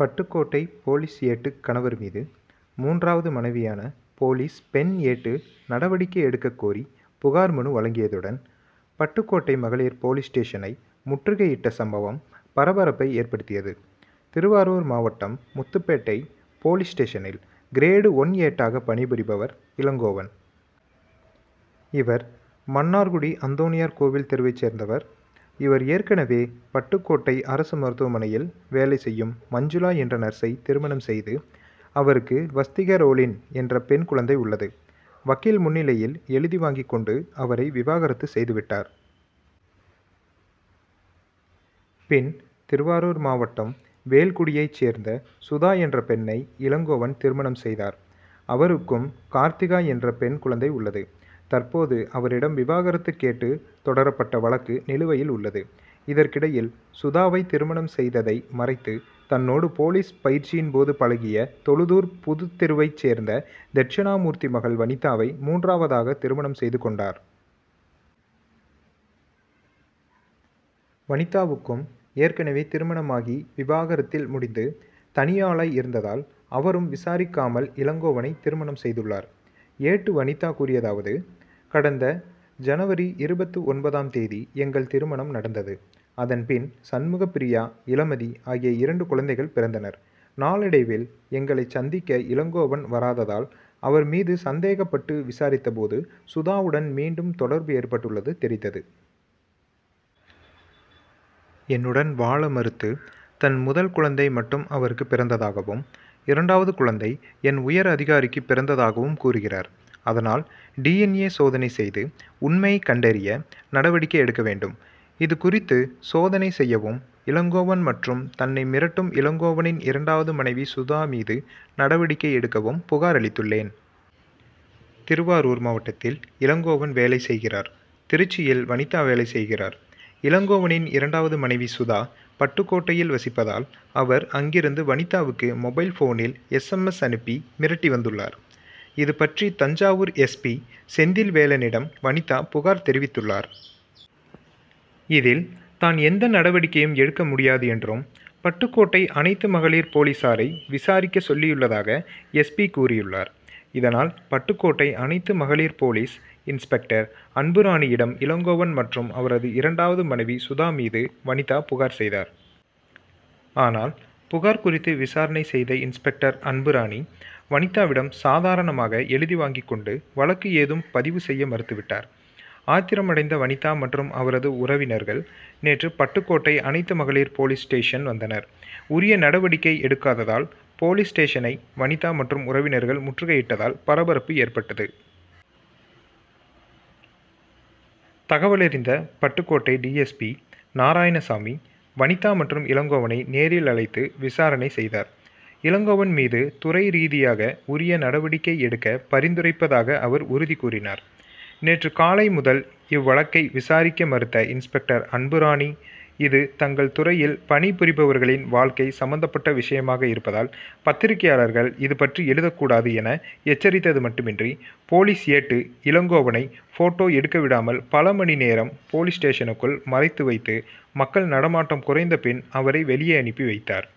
Pattukkottai police ஏட்டு கணவர் மீது, மூன்றாவது மனைவியான போலீஸ் பெண் ஏட்டு நடவடிக்கை எடுக்கக்கோரி புகார் மனு வழங்கியதுடன், பட்டுக்கோட்டை மகளிர் போலீஸ் ஸ்டேஷனை முற்றுகையிட்ட சம்பவம் பரபரப்பை ஏற்படுத்தியது. திருவாரூர் மாவட்டம் முத்துப்பேட்டை போலீஸ் ஸ்டேஷனில் கிரேடு ஒன் ஏட்டாக பணி புரிபவர் இளங்கோவன். இவர் மன்னார்குடி அந்தோணியார் கோவில் தெருவைச் சேர்ந்தவர். இவர் ஏற்கனவே பட்டுக்கோட்டை அரசு மருத்துவமனையில் வேலை செய்யும் மஞ்சுளா என்ற நர்சை திருமணம் செய்து அவருக்கு வஸ்திகரோலின் என்ற பெண் குழந்தை உள்ளது. வக்கீல் முன்னிலையில் எழுதி வாங்கிக் கொண்டு அவரை விவாகரத்து செய்து விட்டார். பின், திருவாருர் மாவட்டம் வேல்குடியைச் சேர்ந்த சுதா என்ற பெண்ணை இளங்கோவன் திருமணம் செய்தார். அவருக்கும் கார்த்திகா என்ற பெண் குழந்தை உள்ளது. தற்போது அவரிடம் விவாகரத்து கேட்டு தொடரப்பட்ட வழக்கு நிலுவையில் உள்ளது. இதற்கிடையில், சுதாவை திருமணம் செய்ததை மறைத்து தன்னோடு போலீஸ் பயிற்சியின் போது பழகிய தொழுதூர் புதுத்தெருவைச் சேர்ந்த தெட்சணாமூர்த்தி மகள் வனிதாவை, மூன்றாவதாக திருமணம் செய்து கொண்டார். வனிதாவுக்கும் ஏற்கனவே திருமணமாகி விவாகரத்தில் முடிந்து தனியாளாய் இருந்ததால் அவரும் விசாரிக்காமல் இளங்கோவனை திருமணம் செய்துள்ளார். ஏட்டு வனிதா கூறியதாவது: கடந்த ஜனவரி., இருபத்து ஒன்பதாம் தேதி எங்கள் திருமணம் நடந்தது. அதன் பின் சண்முகப்பிரியா இளமதி ஆகிய இரண்டு குழந்தைகள் பிறந்தனர். நாளடைவில் எங்களை சந்திக்க இளங்கோவன் வராததால் அவர் மீது சந்தேகப்பட்டு விசாரித்த போது, சுதாவுடன் மீண்டும் தொடர்பு ஏற்பட்டுள்ளது தெரிந்தது. என்னுடன் வாழ மறுத்து, தன் முதல் குழந்தை மட்டும் அவருக்கு பிறந்ததாகவும், இரண்டாவது குழந்தை என் உயர் அதிகாரிக்கு பிறந்ததாகவும் கூறுகிறார். அதனால், டிஎன்ஏ., சோதனை செய்து உண்மை கண்டறிய நடவடிக்கை எடுக்க வேண்டும். இதுகுறித்து, சோதனை செய்யவும், இளங்கோவன் மற்றும் தன்னை மிரட்டும் இளங்கோவனின் இரண்டாவது மனைவி சுதா மீது நடவடிக்கை எடுக்கவும் புகார் அளித்துள்ளேன். திருவாரூர் மாவட்டத்தில் இளங்கோவன் வேலை செய்கிறார். திருச்சியில் வனிதா வேலை செய்கிறார். இளங்கோவனின் இரண்டாவது மனைவி சுதா, பட்டுக்கோட்டையில் வசிப்பதால், அவர் அங்கிருந்து வனிதாவுக்கு மொபைல்போனில் எஸ். எம். எஸ்., அனுப்பி மிரட்டி வந்துள்ளார். இதுபற்றி தஞ்சாவூர் எஸ். பி., செந்தில்வேலனிடம் வனிதா புகார் தெரிவித்துள்ளார். இதில், தான் எந்த நடவடிக்கையும் எடுக்க முடியாது என்றும், பட்டுக்கோட்டை அனைத்து மகளிர் போலீசாரை விசாரிக்க சொல்லியுள்ளதாக, எஸ். பி., கூறியுள்ளார். இதனால், பட்டுக்கோட்டை அனைத்து மகளிர் போலீஸ் இன்ஸ்பெக்டர் அன்புராணியிடம் இளங்கோவன் மற்றும் அவரது இரண்டாவது மனைவி சுதா மீது வனிதா புகார் செய்தார். ஆனால், புகார் குறித்து விசாரணை செய்த இன்ஸ்பெக்டர் அன்புராணி, வனிதாவிடம் சாதாரணமாக எழுதி வாங்கிக் கொண்டு வழக்கு ஏதும் பதிவு செய்ய மறுத்துவிட்டார். ஆத்திரம் அடைந்த வனிதா மற்றும் அவரது உறவினர்கள் நேற்று பட்டுக்கோட்டை அனைத்து மகளிர் போலீஸ் ஸ்டேஷன் வந்தனர். உரிய நடவடிக்கை எடுக்காததால், போலீஸ் ஸ்டேஷனை வனிதா மற்றும் உறவினர்கள் முற்றுகையிட்டதால் பரபரப்பு ஏற்பட்டது. தகவலறிந்த பட்டுக்கோட்டை டிஎஸ்பி., நாராயணசாமி, வனிதா மற்றும் இளங்கோவனை நேரில் அழைத்து விசாரணை செய்தார். இளங்கோவன் மீது துறை ரீதியாக உரிய நடவடிக்கை எடுக்க பரிந்துரைப்பதாக அவர் உறுதி கூறினார். நேற்று காலை முதல் இவ்வழக்கை விசாரிக்க மறுத்த இன்ஸ்பெக்டர் அன்புராணி, இது தங்கள் துறையில் பணி புரிபவர்களின் வாழ்க்கை சம்பந்தப்பட்ட விஷயமாக இருப்பதால், பத்திரிகையாளர்கள் இது பற்றி எழுதக் கூடாது,' என, எச்சரித்தது மட்டுமின்றி, போலீஸ் ஏட்டு இளங்கோவனை ஃபோட்டோ எடுக்கவிடாமல் பல மணி நேரம் போலீஸ் ஸ்டேஷனுக்குள் மறைத்து வைத்து, மக்கள் நடமாட்டம் குறைந்த பின் அவரை வெளியே அனுப்பி வைத்தார்.